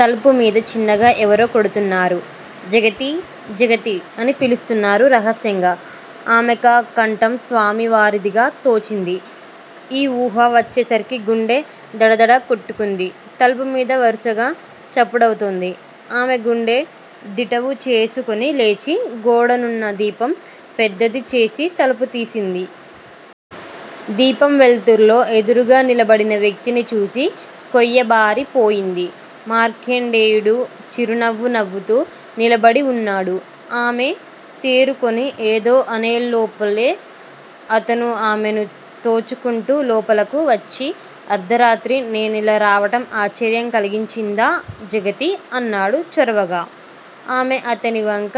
తలుపు మీద చిన్నగా ఎవరో కొడుతున్నారు. జగతీ! జగతీ! అని పిలుస్తున్నారు రహస్యంగా. ఆమెకా కంఠం స్వామి వారిదిగా తోచింది. ఈ ఊహ వచ్చే సరికి గుండె దడదడ కొట్టుకుంది. తలుపు మీద వరుసగా చప్పుడవుతోంది. ఆమె గుండె దిటవు చేసుకుని లేచి, గోడనున్న దీపం పెద్దది చేసి, తలుపుతీసింది. దీపం వెల్తుర్లో ఎదురుగా నిలబడిన వ్యక్తిని చూసి కొయ్యబారి పోయింది. మార్కండేయుడు చిరునవ్వు నవ్వుతూ నిలబడి వున్నాడు. ఆమె తేరుకుని ఏదో అనేలోపునే అతను ఆమెను తోచుకుంటూ లోపలకు వచ్చి, అర్ధరాత్రి నేనిలా రావటం ఆశ్చర్యం కలిగించిందా జగతీ! అన్నాడు చొరవగా. ఆమె అతని వంక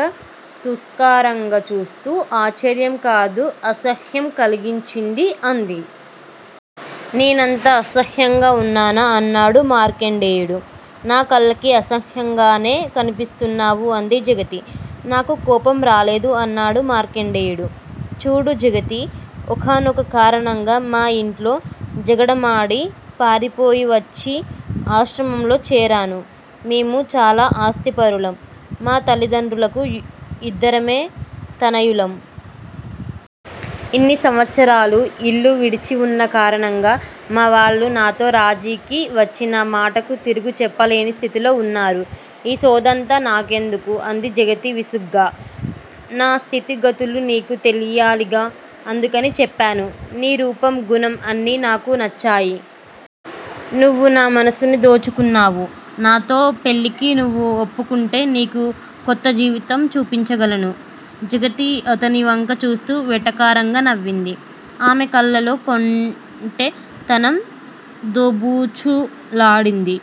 తూస్కారంగా చూస్తూ ఆశ్చర్యం కాదు అసహ్యం కలిగించింది అంది. నేనంత అసహ్యంగా వున్నానా? అన్నాడు మార్కండేయుడు. నా కళ్ళకి అసహ్యంగానే కనిపిస్తున్నావు అంది జగతి. నాకు కోపం రాలేదు అన్నాడు మార్కండేయుడు. చూడు జగతీ! ఒకానొక కారణంగా మా యింట్లో జగడమాడి పారిపోయివచ్చి ఆశ్రమంలో చేరాను. మేము చాలా ఆస్తిపరులం. మా తల్లిదండ్రులకు యిద్దరమే తనయులం. ఇన్ని సంవత్సరాలు యిల్లు విడిచివున్న కారణంగా మావాళ్ళు నాతో రాజీకి వచ్చి నా మాటకు తిరుగు చెప్పలేని స్థితిలో వున్నారు. ఈ సోదంతా నాకెందుకు? అంది జగతి విసుగ్గా. నా స్థితిగతులు నీకు తెలియాలిగా, అందుకని చెప్పాను. నీ రూపం, గుణం అన్నీ నాకు నచ్చాయి. నువ్వు నా మనస్సుని దోచుకున్నావు. నాతో పెళ్ళికి నువ్వు ఒప్పుకుంటే నీకు కొత్తజీవితం చూపించగలను. జగతి అతనివంక చూస్తూ వెటకారంగా నవ్వింది. ఆమెకళ్ళలో కొంటె తనం దోబూచులాడింది.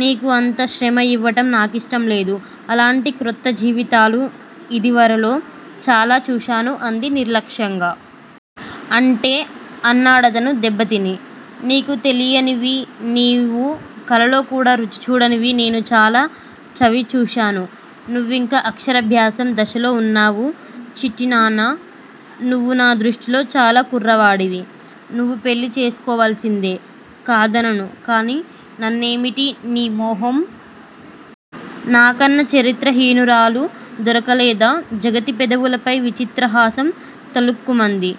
నీకు అంత శ్రమ యివ్వటం నాకిష్టం లేదు. అలాంటి క్రొత్త జీవితాలు ఇదివరలో చాలా చూశాను అంది నిర్లక్ష్యంగా. అంటే? అన్నాడతను దెబ్బతిని. నీకు తెలియనివి, నీవు కలలో కూడా రుచి చూడనవి నేను చాలా చవి చూశాను. నువ్వింకా అక్షరాభ్యాసం దశలో వున్నావు చిట్టి నాన్నా! నువ్వు నా దృష్టిలో చాలా కుర్రవాడివి. నువ్వు పెళ్ళి చేసుకోవలసిందే. కాదనను. కాని నన్నేమిటి నీ మొహం. నాకన్నా చరిత్ర హీనురాలు దొరకలేదా? జగతి పెదవులపై విచిత్రహాసం తళుక్కుమంది.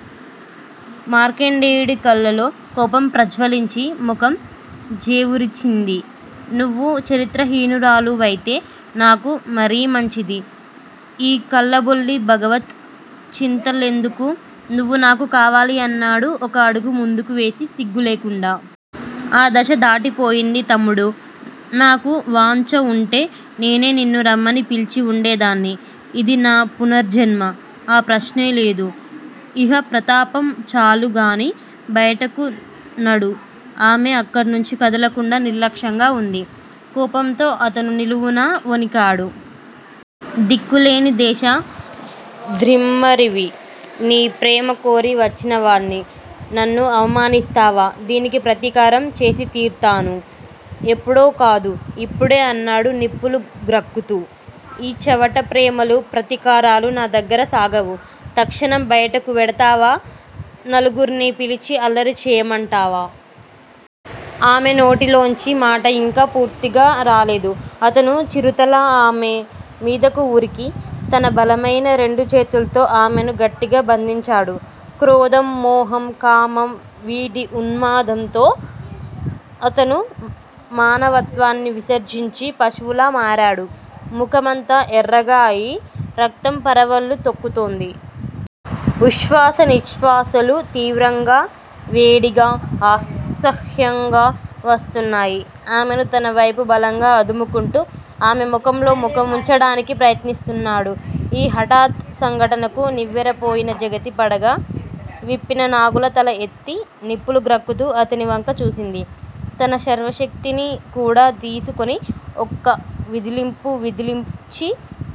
మార్కండేయుడి కళ్ళలో కోపం ప్రజ్వలించి, ముఖం జేవురించింది. నువ్వు చరిత్ర హీనురాలు వైతే నాకు మరీ మంచిది. ఈ కల్లబొల్లి భగవత్ చింతలెందుకు? నువ్వు నాకు కావాలి అన్నాడు ఒక అడుగు ముందుకు వేసి సిగ్గు లేకుండా. ఆ దశ దాటి పోయింది తమ్ముడూ. నాకు వాంఛ వుంటే నేనే నిన్ను రమ్మని పిల్చి వుండేదాన్ని. ఇది నా పునర్జన్మ. ఆ ప్రశ్నే లేదు. ఇహ ప్రతాపం చాలు గాని బయటకు నడు ఆమె అక్కడ్నుంచి కదలకుండా నిర్లక్ష్యంగా అంది. కోపంతో అతను నిలువునా వొణికాడు. దిక్కులేని దేశ ద్రిమ్మరివి, నీ ప్రేమకోరి వచ్చిన వాడ్ని, నన్ను అవమానిస్తావా? దీనికి ప్రతీకారం చేసి తీర్తాను. ఎప్పుడో కాదు, యిప్పుడే అన్నాడు నిప్పులు గ్రక్కుతూ. ఈ చవట ప్రేమలూ, ప్రతీకారాలూ నా దగ్గర సాగవు. తక్షణం బయటకు వెడతావా? నలుగుర్నీ పిలిచి అల్లరి చేయమంటావా? ఆమె నోటి లోంచి మాట యింకా పూర్తిగా రాలేదు. అతను చిరుతలా ఆమె మీదకు ఉరికి, తన బలమైన రెండు చేతుల్తో ఆమెను గట్టిగా బంధించాడు. క్రోధం, మోహం, కామం వీటి ఉన్మాదంతో అతను మానవత్వాన్ని విసర్జించి పశువులా మారాడు. ముఖమంతా యెర్రగా అయి, రక్తం పరవళ్ళు తొక్కుతోంది. ఉష్వాస నిష్వాసాలు తీవ్రంగా, వేడిగా, అస్యహంగా వస్తున్నాయి. ఆమెను తన వైపు బలంగా అదుముకుంటూ, ఆమె ముఖంలో ముఖం వుంచటానికి ప్రయత్నిస్తున్నాడు. ఈ హఠాత్ సంఘటనకు నివ్వెరపోయిన జగతి పడగ విప్పిన నాగులా తల ఎత్తి నిప్పులు గ్రక్కుతూ అతని వంక చూసింది. తన సర్వశక్తినీ కూడ దీసుకుని ఒక్క విదిలింపు విదిలించి,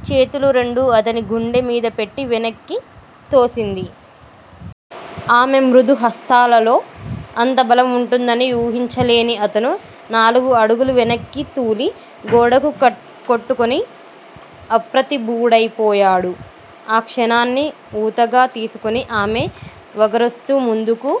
చేతులు రెండూ అతని గుండె మీద పెట్టి వెనక్కి తోసింది. ఆమె మృదు హస్తాలలో అంత బలం వుంటుందని వూహించలేని అతను నాలుగు అడుగులు వెనక్కి తూలి, గోడకు కొట్టుకుని, అప్రతిభుడైపోయాడు. ఆ క్షణాన్ని ఊతగా తీసుకుని ఆమె వగరుస్తూ ముందుకు